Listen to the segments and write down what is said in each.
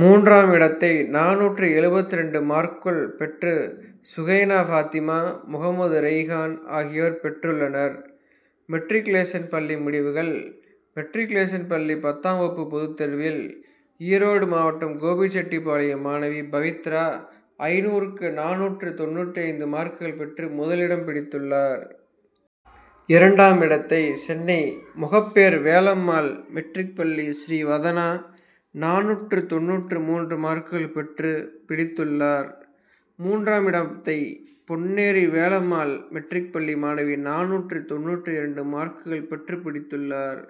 மூன்றாம் இடத்தை நானூற்று எழுபத்திரண்டு மார்க்குள் பெற்று சுகைனா பாத்திமா, முகமது ரெய்ஹான் ஆகியோர் பெற்றுள்ளனர். மெட்ரிகுலேஷன் பள்ளி முடிவுகள் மெட்ரிகுலேஷன் பள்ளி பத்தாம் வகுப்பு பொதுத்தேர்வில் ஈரோடு மாவட்டம் கோபிச்செட்டிப்பாளையம் மாணவி பவித்ரா ஐந்நூறுக்கு நானூற்று தொண்ணூற்று ஐந்து மார்க்குள் பெற்று முதலிடம் பிடித்துள்ளார். இரண்டாம் இடத்தை சென்னை மொகப்பேர் வேலம்மாள் மெட்ரிக் பள்ளி ஸ்ரீவதனா நானூற்று தொண்ணூற்று மூன்று மார்க்குள் பெற்று பிடித்துள்ளார். மூன்றாம் இடத்தை பொன்னேரி வேலம்மாள் மெட்ரிக் பள்ளி மாணவி நானூற்று தொண்ணூற்று இரண்டு மார்க்குள் பெற்று பிடித்துள்ளார்.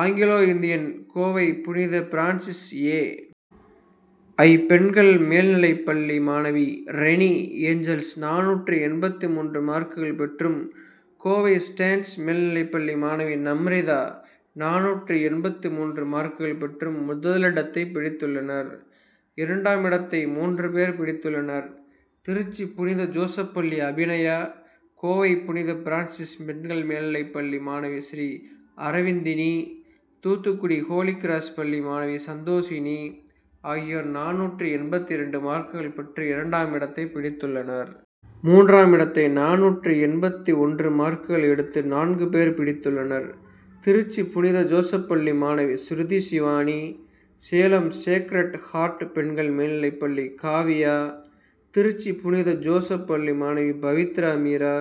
ஆங்கிலோ இந்தியன் கோவை புனித பிரான்சிஸ் ஏ. ஐ., பெண்கள் மேல் நிலைப்பள்ளி மாணவி ரெணி ஏஞ்சல்ஸ் நானூற்று எண்பத்து மூன்று மார்க்குகள் பெற்றும், கோவை ஸ்டேன்ஸ் மேல்நிலைப்பள்ளி மாணவி நம்ரிதா நானூற்று எண்பத்து மூன்று மார்க்குகள் பெற்றும் முதலிடத்தைப் பிடித்துள்ளனர். இரண்டாம் இடத்தை மூன்று பேர் பிடித்துள்ளனர். திருச்சி புனித ஜோசப் பள்ளி அபிநயா, கோவை புனித பிரான்சிஸ் பெண்கள் மேல்நிலைப் பள்ளி மாணவி ஸ்ரீ அரவிந்தினி, தூத்துக்குடி ஹோலி கிராஸ் பள்ளி மாணவி சந்தோசினி ஆகியோர் நானூற்று எண்பத்திரண்டு மார்க்குகள் பெற்று இரண்டாம் இடத்தைப் பிடித்துள்ளனர். மூன்றாம் இடத்தை நானூற்று எண்பத்து ஒன்று மார்க்குகள் எடுத்து நான்கு பேர் பிடித்துள்ளனர். திருச்சி புனித ஜோசப் பள்ளி மாணவி ஸ்ருதி ஷிவானி, சேலம் சேக்ரட் ஹார்ட் பெண்கள் மேல்நிலைப் பள்ளி காவ்யா, திருச்சி புனித ஜோசப் பள்ளி மாணவி பவித்ரா மீரா,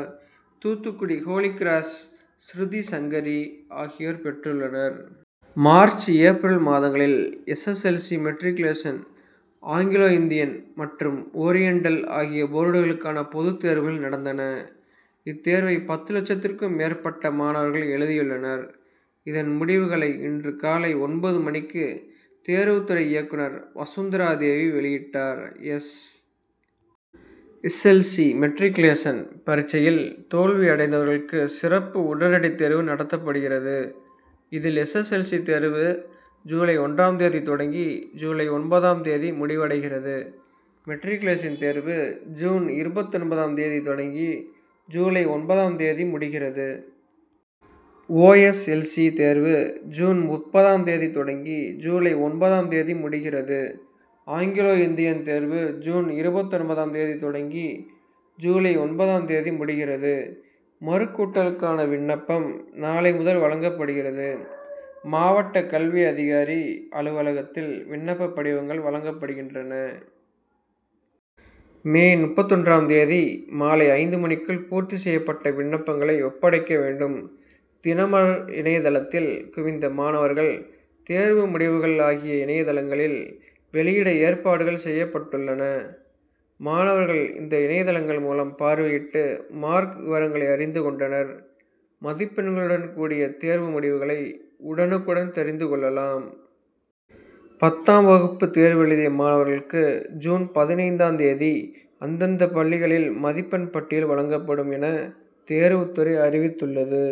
தூத்துக்குடி ஹோலி கிராஸ் ஸ்ருதி சங்கரி ஆகியோர் பெற்றுள்ளனர். மார்ச், ஏப்ரல் மாதங்களில், S. S. L. C., matriculation, Anglo Indian மற்றும் ஓரியன்டல் ஆகிய போர்டுகளுக்கான பொதுத்தேர்வுகள் நடந்தன. இத்தேர்வை, பத்து லட்சத்திற்கும் மேற்பட்ட மாணவர்கள் எழுதியுள்ளனர். இதன் முடிவுகளை, இன்று காலை ஒன்பது மணிக்கு தேர்வுத்துறை இயக்குனர் வசுந்த்ராதேவி வெளியிட்டார். எஸ். எஸ்.எல். சி., மெட்ரிக்குலேசன் பரீட்சையில் தோல்வி அடைந்தவர்களுக்கு சிறப்பு உடனடி தேர்வு நடத்தப்படுகிறது. இதில் எஸ். எஸ். எல். சி. தேர்வு ஜுலை ஒன்றாம் தேதி தொடங்கி ஜுலை ஒன்பதாம் தேதி முடிவடைகிறது. மெட்ரிக்குலேசன் தேர்வு ஜுன் இருபத்தொன்பதாம் தேதி தொடங்கி ஜுலை ஒன்பதாம் தேதி முடிகிறது. ஓ. எஸ். எல். சி. தேர்வு ஜுன் முப்பதாம் தேதி தொடங்கி ஜுலை ஒன்பதாம் தேதி முடிகிறது. ஆங்கிலோ இந்தியன் தேர்வு ஜுன் இருபத்தொன்பதாம் தேதி தொடங்கி ஜுலை ஒன்பதாம் தேதி முடிகிறது. மறுகூட்டலுக்கான விண்ணப்பம் நாளை முதல் வழங்கப்படுகிறது. மாவட்ட கல்வி அதிகாரி அலுவலகத்தில் விண்ணப்ப படிவங்கள் வழங்கப்படுகின்றன. மே முப்பத்தொன்றாம் தேதி மாலை ஐந்து மணிக்குள் பூர்த்தி செய்யப்பட்ட விண்ணப்பங்களை ஒப்படைக்க வேண்டும். தினமலர் இணையதளத்தில் குவிந்த மாணவர்கள் தேர்வு முடிவுகள் ஆகிய இணையதளங்களில் வெளியிட ஏற்பாடுகள் செய்யப்பட்டுள்ளன. மாணவர்கள், இந்த இணையதளங்கள் மூலம் பார்வையிட்டு மார்க் விவரங்களை அறிந்து கொண்டனர். மதிப்பெண்களுடன் கூடிய தேர்வு முடிவுகளை உடனுக்குடன் தெரிந்து கொள்ளலாம். பத்தாம் வகுப்பு தேர்வெழுதிய மாணவர்களுக்கு, ஜூன் பதினைந்து தேதி அந்தந்த பள்ளிகளில் மதிப்பெண் பட்டியல் வழங்கப்படும் என, தேர்வுத்துறை அறிவித்துள்ளது.